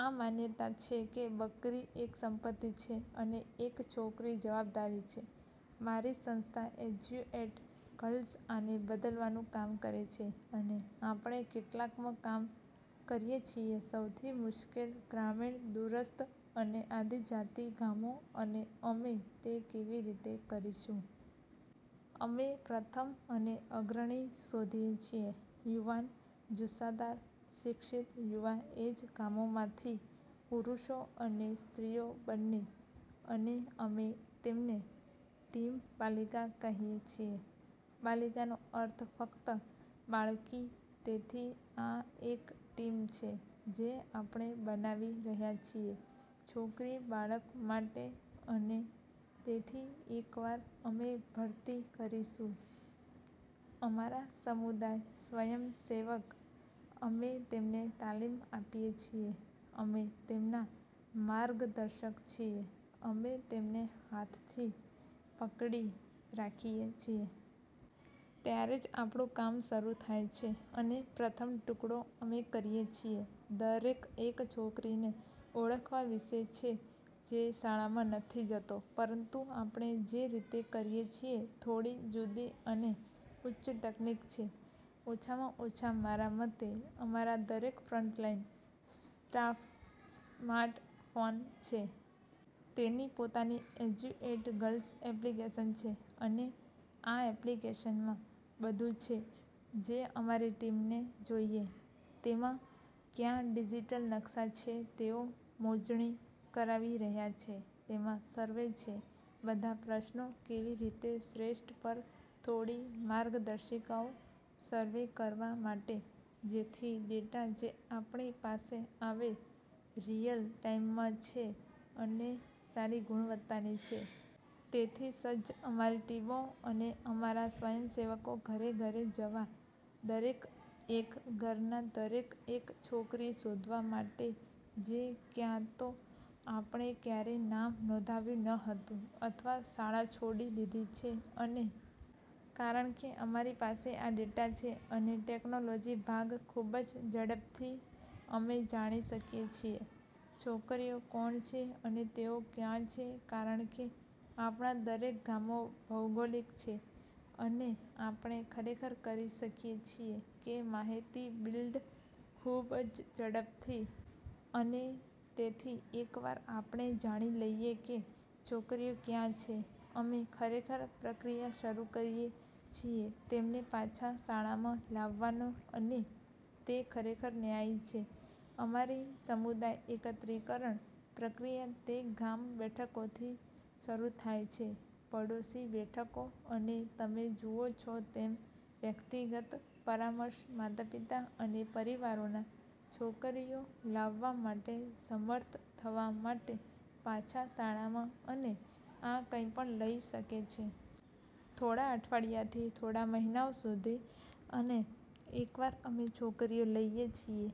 આ માન્યતા છે કે બકરી એક સંપત્તિ છે અને એક છોકરી જવાબદારી છે. મારી સંસ્થા એજ્યુએટ ગર્લ્સ આને બદલવાનું કામ કરે છે. અને આપણે કેટલાકમાં કામ કરીએ છીએ સૌથી મુશ્કેલ, ગ્રામીણ, દૂરસ્થ અને આદિજાતિ ગામો અને અમે તે કેવી રીતે કરીશું? અમે પ્રથમ અને અગ્રણી શોધીએ છીએ યુવાન, જુસ્સાદાર, શિક્ષિત યુવા એ જ ગામોમાંથી. પુરુષો અને સ્ત્રીઓ બંને. અને અમે તેમને ટીમ બાલિકા કહીએ છીએ, બાલિકાનો અર્થ ફક્ત બાળકી, તેથી આ એક ટીમ છે જે આપણે બનાવી રહ્યા છીએ છોકરી બાળક માટે અને તેથી એકવાર અમે ભરતી કરીશું અમારા સમુદાય સ્વયંસેવક અમે તેમને તાલીમ આપીએ છીએ, અમે તેમના માર્ગદર્શક છીએ, અમે તેમને હાથથી પકડી રાખીએ છીએ. ત્યારે જ આપણું કામ શરૂ થાય છે અને પ્રથમ ટુકડો અમે કરીએ છીએ. દરેક એક છોકરીને ઓળખવા વિશે છે જે શાળામાં નથી જતો. પરંતુ આપણે જે રીતે કરીએ છીએ થોડી જુદી અને ઉચ્ચ તકનીક છે, ઓછામાં ઓછા મારા મતે અમારા દરેક ફ્રન્ટલાઈન સ્ટાફ સ્માર્ટફોન છે. તેની પોતાની એજ્યુએટ ગર્લ્સ એપ્લિકેશન છે અને આ એપ્લિકેશનમાં બધું છે, જે અમારી ટીમને જોઈએ. તેમાં ક્યાં ડિજિટલ નકશા છે તેઓ મોજણી કરાવી રહ્યા છે, તેમાં સર્વે છે, બધા પ્રશ્નો, કેવી રીતે શ્રેષ્ઠ પર થોડી માર્ગદર્શિકાઓ સર્વે કરવા માટે, જેથી ડેટા જે આપણી પાસે આવે રીઅલ ટાઇમમાં છે અને સારી ગુણવત્તાની છે. તેથી સજ્જ, અમારી ટીમો અને અમારા સ્વયંસેવકો ઘરે ઘરે જવા દરેક એક ઘરના દરેક એક છોકરી શોધવા માટે જે ક્યાં તો આપણે ક્યારેય નામ નોંધાવ્યું ન હતું અથવા શાળા છોડી દીધી છે. અને કારણ કે અમારી પાસે આ ડેટા છે અને ટેકનોલોજી ભાગ, ખૂબ જ ઝડપથી અમે જાણી શકીએ છીએ છોકરીઓ કોણ છે અને તેઓ ક્યાં છે, કારણ કે આપણા દરેક ગામો ભૌગોલિક છે, અને આપણે ખરેખર કરી શકીએ છીએ કે માહિતી બિલ્ડ ખૂબ જ ઝડપથી. અને તેથી એકવાર આપણે જાણી લઈએ કે છોકરીઓ ક્યાં છે. અમે ખરેખર પ્રક્રિયા શરૂ કરીએ છીએ તેમને પાછા શાળામાં લાવવાનો અને તે ખરેખર ન્યાયી છે. અમારી સમુદાય એકત્રીકરણ પ્રક્રિયા, તે ગામ બેઠકોથી શરૂ થાય છે, પડોશી બેઠકો, અને તમે જુઓ છો તેમ, વ્યક્તિગત પરામર્શ માતાપિતા અને પરિવારોના, છોકરીઓ લાવવા માટે સમર્થ થવા માટે પાછા શાળામાં અને આ કંઈપણ લઈ શકે છે. થોડા અઠવાડિયાથી થોડા મહિનાઓ સુધી અને એકવાર અમે છોકરીઓ લઈએ છીએ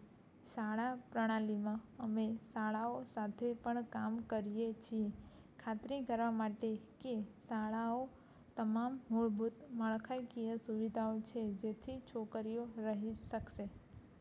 શાળા પ્રણાલીમાં, અમે શાળાઓ સાથે પણ કામ કરીએ છીએ ખાતરી કરવા માટે કે શાળાઓ તમામ મૂળભૂત માળખાકીય સુવિધાઓ છે જેથી છોકરીઓ રહી શકશે.